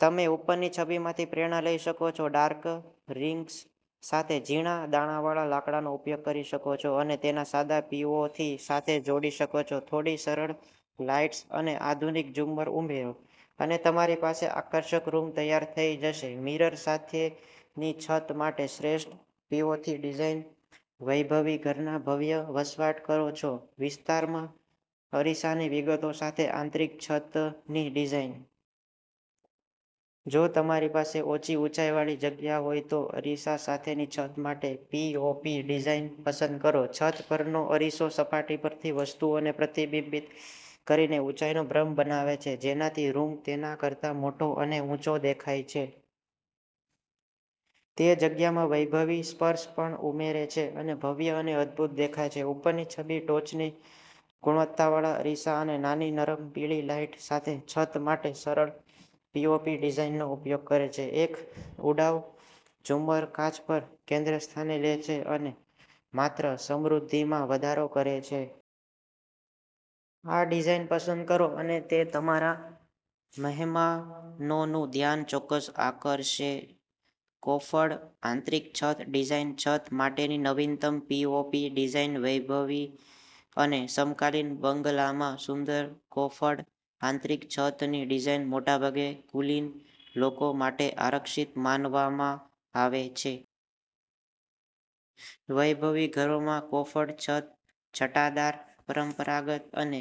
તમે ઉપરની છબીમાંથી પ્રેરણા લઈ શકો છો, ડાર્ક રિંગ્સ સાથે ઝીણા દાણાવાળા લાકડાનો ઉપયોગ કરી શકો છો અને તેને સાદા પીઓપી સાથે જોડી શકો છો. થોડી સરળ લાઇટ્સ અને આધુનિક ઝુમ્મર ઉમેરો, અને તમારી પાસે આકર્ષક રૂમ તૈયાર થઈ જશે મિરર સાથેની છત માટે શ્રેષ્ઠ પીઓપી ડિઝાઇન વૈભવી ઘરના ભવ્ય વસવાટ કરો છો વિસ્તારમાં અરીસાની વિગતો સાથે આંતરિક છતની ડિઝાઇન. જો તમારી પાસે ઓછી ઊંચાઈવાળી જગ્યા હોય, તો અરીસા સાથેની છત માટે પીઓપી ડિઝાઇન પસંદ કરો. છત પરનો અરીસો સપાટી પરની વસ્તુઓને પ્રતિબિંબિત કરીને ઊંચાઈનો ભ્રમ બનાવે છે, જેનાથી રૂમ તેના કરતા મોટો અને ઊંચો દેખાય છે. તે જગ્યામાં વૈભવી સ્પર્શ પણ ઉમેરે છે અને ભવ્ય અને અદભૂત દેખાય છે. ઉપરની છબી ટોચની ગુણવત્તાવાળા અરીસા અને નાની, નરમ પીળી લાઇટ સાથે છત માટે સરળ પીઓપી ડિઝાઇનનો ઉપયોગ કરે છે. એક ઉડાઉ ઝુમ્મર કાચ પર કેન્દ્રસ્થાને લે છે અને માત્ર સમૃદ્ધિમાં વધારો કરે છે. આ ડિઝાઇન પસંદ કરો અને તે તમારા મહેમાનોનું ધ્યાન ચોક્કસ આકર્ષશે. કોફર્ડ આંતરિક છત ડિઝાઇન, છત માટેની નવીનતમ પીઓપી ડિઝાઇન વૈભવી અને સમકાલીન બંગલામાં સુંદર કોફર્ડ આંતરિક છતની ડિઝાઇન મોટાભાગે કુલીન લોકો માટે આરક્ષિત માનવામાં આવે છે. વૈભવી ઘરોમાં કોફર્ડ છત છટાદાર, પરંપરાગત અને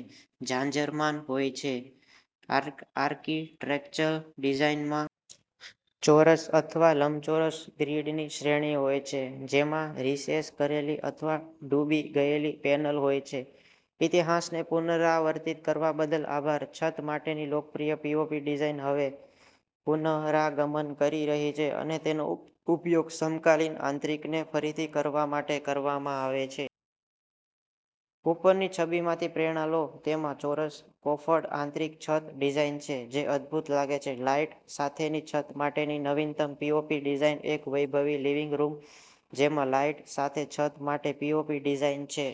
જાજરમાન હોય છે. આર્કિટેક્ચરલ ડિઝાઇનમાં ચોરસ અથવા લંબચોરસ ગ્રીડની શ્રેણી હોય છે, જેમાં રિસેસ કરેલી અથવા ડૂબી ગયેલી પેનલ હોય છે. ઇતિહાસને પુનરાવર્તિત કરવા બદલ આભાર, છત માટેની લોકપ્રિય પીઓપી ડિઝાઇન હવે પુનરાગમન કરી રહી છે અને તેનો ઉપયોગ સમકાલીન આંતરિકને ફરીથી કરવા માટે કરવામાં આવે છે. ઉપરની છબીમાંથી પ્રેરણા લો. તેમાં ચોરસ કોફર્ડ આંતરિક છત ડિઝાઇન છે, જે અદભૂત લાગે છે. લાઇટ સાથેની છત માટેની નવીનતમ પીઓપી ડિઝાઇન એક વૈભવી લિવિંગ રૂમ જેમાં લાઇટ સાથે છત માટે પીઓપી ડિઝાઇન છે.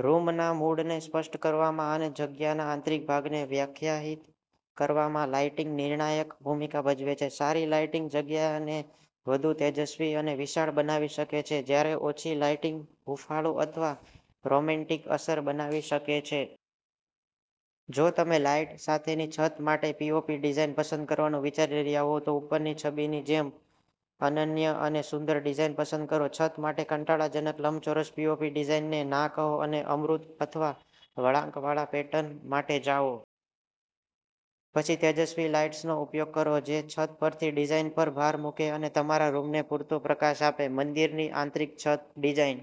રૂમના મૂડને સ્પષ્ટ કરવામાં અને જગ્યાના આંતરિક ભાગને વ્યાખ્યાયિત કરવામાં લાઇટિંગ નિર્ણાયક ભૂમિકા ભજવે છે. સારી લાઇટિંગ જગ્યાને વધુ તેજસ્વી અને વિશાળ બનાવી શકે છે, જ્યારે ઓછી લાઇટિંગ હૂંફાળું અથવા રોમેન્ટિક અસર બનાવી શકે છે. જો તમે લાઇટ સાથેની છત માટે પીઓપી ડિઝાઇન પસંદ કરવાનું વિચારી રહ્યા હોવ, તો ઉપરની છબીની જેમ અનન્ય અને સુંદર ડિઝાઇન પસંદ કરો. છત માટે કંટાળાજનક લંબચોરસ પીઓપી ડિઝાઇનને ના કહો અને અમૂર્ત અથવા વળાંકવાળા પેટર્ન માટે જાઓ. પછી તેજસ્વી લાઇટ્સનો ઉપયોગ કરો જે છત પરની ડિઝાઇન પર ભાર મૂકે અને તમારા રૂમને પૂરતો પ્રકાશ આપે. મંદિરની આંતરિક છત ડિઝાઇન